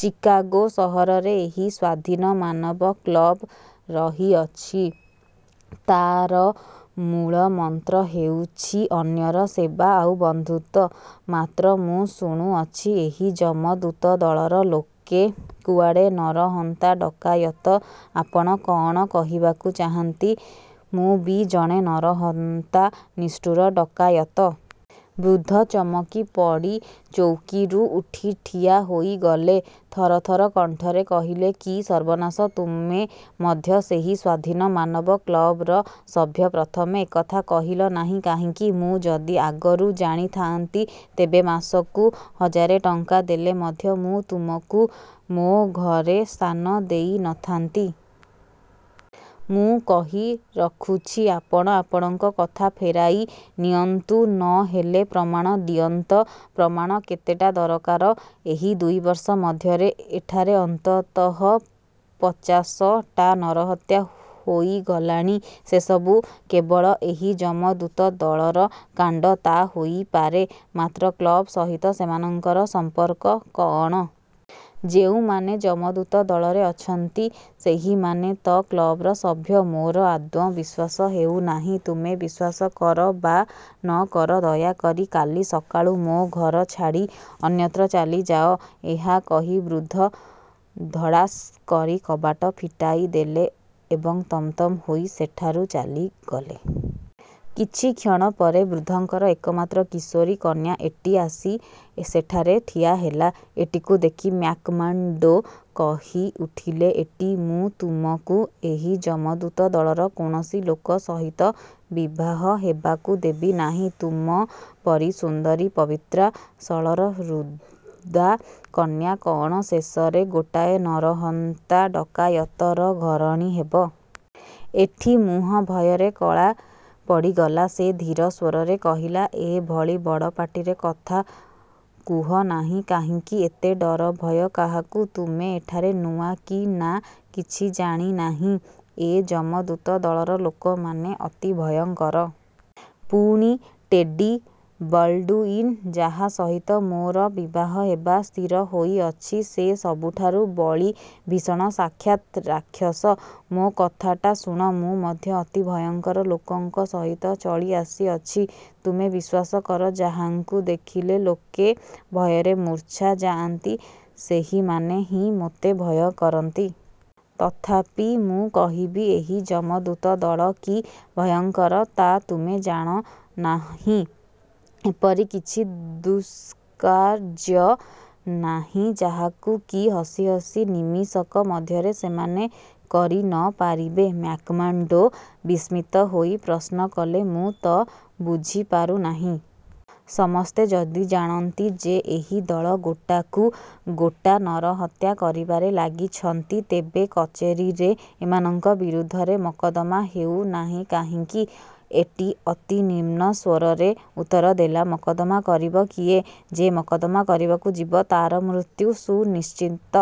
Chicago ସହରରେ ଏହି ସ୍ୱାଧୀନମାନବ କ୍ଳବ ରହିଅଛି। ତାର ମୂଳମନ୍ତ୍ର ହେଉଛି ଅନ୍ୟର ସେବା ଆଉ ବନ୍ଧୁତ୍ୱ। ମାତ୍ର ମୁଁ ଶୁଣୁଅଛି, ଏହି ଯମଦୂତ ଦଳର ଲୋକେ କୁଆଡ଼େ ନରହନ୍ତା, ଡକାୟତ। ଆପଣ କଅଣ କହିବାକୁ ଚାହାନ୍ତି, ମୁଁ ବି ଜଣେ ନରହନ୍ତା, ନିଷ୍ଠୁର ଡକାୟତ! ବୃଦ୍ଧ ଚମକିପଡ଼ି ଚୌକିରୁ ଉଠି ଠିଆ ହୋଇଗଲେ। ଥରଥର କଣ୍ଠରେ କହିଲେ, କି ସର୍ବନାଶ ତୁମେ ମଧ୍ୟ ସେହି ସ୍ୱାଧୀନମାନବ କ୍ଳବର ସଭ୍ୟ? ପ୍ରଥମେ ଏକଥା କହିଲ ନାହିଁ କାହିଁକି? ମୁଁ ଯଦି ଆଗରୁ ଜାଣିଥାଆନ୍ତି, ତେବେ ମାସକୁ ହଜାରେ ଟଙ୍କା ଦେଲେ ମଧ୍ୟ ମୁଁ ତୁମକୁ ମୋ ଘରେ ସ୍ଥାନ ଦେଇ ନ ଥାନ୍ତି। ମୁଁ କହି ରଖୁଛି, ଆପଣ ଆପଣଙ୍କ କଥା ଫେରାଇ ନିଅନ୍ତୁ ନ ହେଲେ ପ୍ରମାଣ ଦିଅନ୍ତ ପ୍ରମାଣ କେତେଟା ଦରକାର? ଏହି ଦୁଇ ବର୍ଷ ମଧ୍ୟରେ ଏଠାରେ ଅନ୍ତତଃ ପଚାଶଟା ନରହତ୍ୟା ହୋଇଗଲାଣି। ସେସବୁ କେବଳ ଏହି ଯମଦୂତ ଦଳର କାଣ୍ଡ। ତା ହୋଇପାରେ। ମାତ୍ର କ୍ଳବ୍ ସହିତ ସେମାନଙ୍କର ସମ୍ପର୍କ କଅଣ? ଯେଉଁମାନେ ଯମଦୂତ ଦଳରେ ଅଛନ୍ତି, ସେହିମାନେ ତ କ୍ଳବର ସଭ୍ୟ। ମୋର ଆଦୌ ବିଶ୍ୱାସ ହେଉ ନାହିଁ। ତୁମେ ବିଶ୍ୱାସ କର ବା ନ କର, ଦୟା କରି କାଲି ସକାଳୁ ମୋ ଘର ଛାଡ଼ି ଅନ୍ୟତ୍ର ଚାଲିଯାଅ। ଏହା କହି ବୃଦ୍ଧ ଧଡ଼ାସ୍ କରି କବାଟ ଫିଟାଇଦେଲେ ଏବଂ ତମତମ ହୋଇ ସେଠାରୁ ଚାଲିଗଲେ। କିଛିକ୍ଷଣ ପରେ ବୃଦ୍ଧଙ୍କର ଏକମାତ୍ର କିଶୋରୀ କନ୍ୟା ଏଟ୍ଟି ଆସି ସେଠାରେ ଠିଆହେଲା। ଏଟ୍ଟିକୁ ଦେଖି ମ୍ୟାକ୍ମାର୍ଡ଼ୋ କହିଉଠିଲେ, ଏଟ୍ଟି, ମୁଁ ତୁମକୁ ଏହି ଯମଦୂତ ଦଳର କୌଣସି ଲୋକ ସହିତ ବିବାହ ହେବାକୁ ଦେବି ନାହିଁ। ତୁମ ପରି ସୁନ୍ଦରୀ, ପବିତ୍ରା, ସରଳହୃଦା କନ୍ୟା କଅଣ ଶେଷରେ ଗୋଟାଏ ନରହନ୍ତା ଡକାୟତର ଘରଣୀ ହେବ? ଏଠି ମୁହଁ ଭୟରେ କଳା ପଡ଼ିଗଲା। ସେ ଧୀର ସ୍ୱରରେ କହିଲା, ଏଭଳି ବଡ଼ ପାଟିରେ କଥା କୁହ ନାହିଁ। କାହିଁକି? ଏତେ ଡରଭୟ କାହାକୁ? ତୁମେ ଏଠାରେ ନୂଆ କି ନା, କିଛି ଜାଣି ନାହିଁ। ଏ ଯମଦୂତ ଦଳର ଲୋକମାନେ ଅତି ଭୟଙ୍କର। ପୁଣି ଟେଡ଼ି ବଲ୍ଡ଼ୁଇନ ଯାହା ସହିତ ମୋର ବିବାହ ହେବା ସ୍ଥିର ହୋଇଅଛି, ସେ ସବୁଠାରୁ ବଳି ଭୀଷଣ ସାକ୍ଷାତ୍ ରାକ୍ଷସ। ମୋ କଥାଟା ଶୁଣ। ମୁଁ ମଧ୍ୟ ଅତି ଭୟଙ୍କର ଲୋକଙ୍କ ସହିତ ଚଳିଆସିଅଛି। ତୁମେ ବିଶ୍ୱାସ କର, ଯାହାଙ୍କୁ ଦେଖିଲେ ଲୋକେ ଭୟରେ ମୁର୍ଚ୍ଛା ଯାଆନ୍ତି, ସେହିମାନେ ହିଁ ମୋତେ ଭୟ କରନ୍ତି। ତଥାପି ମୁଁ କହିବି ଏହି ଯମଦୂତ ଦଳ କି ଭୟଙ୍କର, ତା ତୁମେ ଜାଣ ନାହିଁ। ଏପରି କିଛି ଦୁଷ୍କାର୍ଯ୍ୟ ନାହିଁ ଯାହାକୁ କି ହସିହସି ନିମିଷକ ମଧ୍ୟରେ ସେମାନେ କରି ନ ପାରିବେ। ମ୍ୟାକ୍ମାର୍ଡ଼ୋ ବିସ୍ମିତ ହୋଇ ପ୍ରଶ୍ନକଲେ, ମୁଁ ତ ବୁଝିପାରୁ ନାହିଁ। ସମସ୍ତେ ଯଦି ଜାଣନ୍ତି ଯେ ଏହି ଦଳ ଗୋଟାକୁ ଗୋଟା ନରହତ୍ୟା କରିବାରେ ଲାଗିଛନ୍ତି, ତେବେ କଚେରୀରେ ଏମାନଙ୍କ ବିରୁଦ୍ଧରେ ମକଦ୍ଦମା ହେଉ ନାହିଁ କାହିଁକି? ଏଟ୍ଟି ଅତି ନିମ୍ନ ସ୍ୱରରେ ଉତ୍ତରଦେଲା, ମକଦ୍ଦମା କରିବ କିଏ? ଯେ ମକଦ୍ଦମା କରିବାକୁ ଯିବ, ତାର ମୃତ୍ୟୁ ସୁନିଶ୍ଚିତ।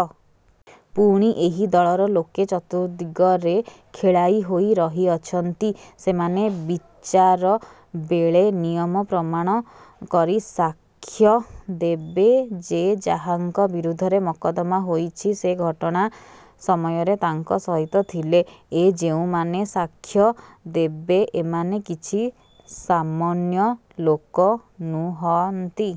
ପୁଣି ଏହି ଦଳର ଲୋକେ ଚତୁର୍ଦ୍ଦିଗରେ ଖେଳାଇ ହୋଇ ରହିଅଛନ୍ତି। ସେମାନେ ବିଚାର ବେଳେ ନିୟମ ପ୍ରମାଣ କରି ସାକ୍ଷ୍ୟ ଦେବେ ଯେ ଯାହାଙ୍କ ବିରୁଦ୍ଧରେ ମକଦ୍ଦମା ହୋଇଛି, ସେ ଘଟଣା ସମୟରେ ତାଙ୍କ ସହିତ ଥିଲେ। ଏ ଯେଉଁମାନେ ସାକ୍ଷ୍ୟ ଦେବେ, ଏମାନେ କିଛି ସାମନ୍ୟ ଲୋକ ନୁହନ୍ତି।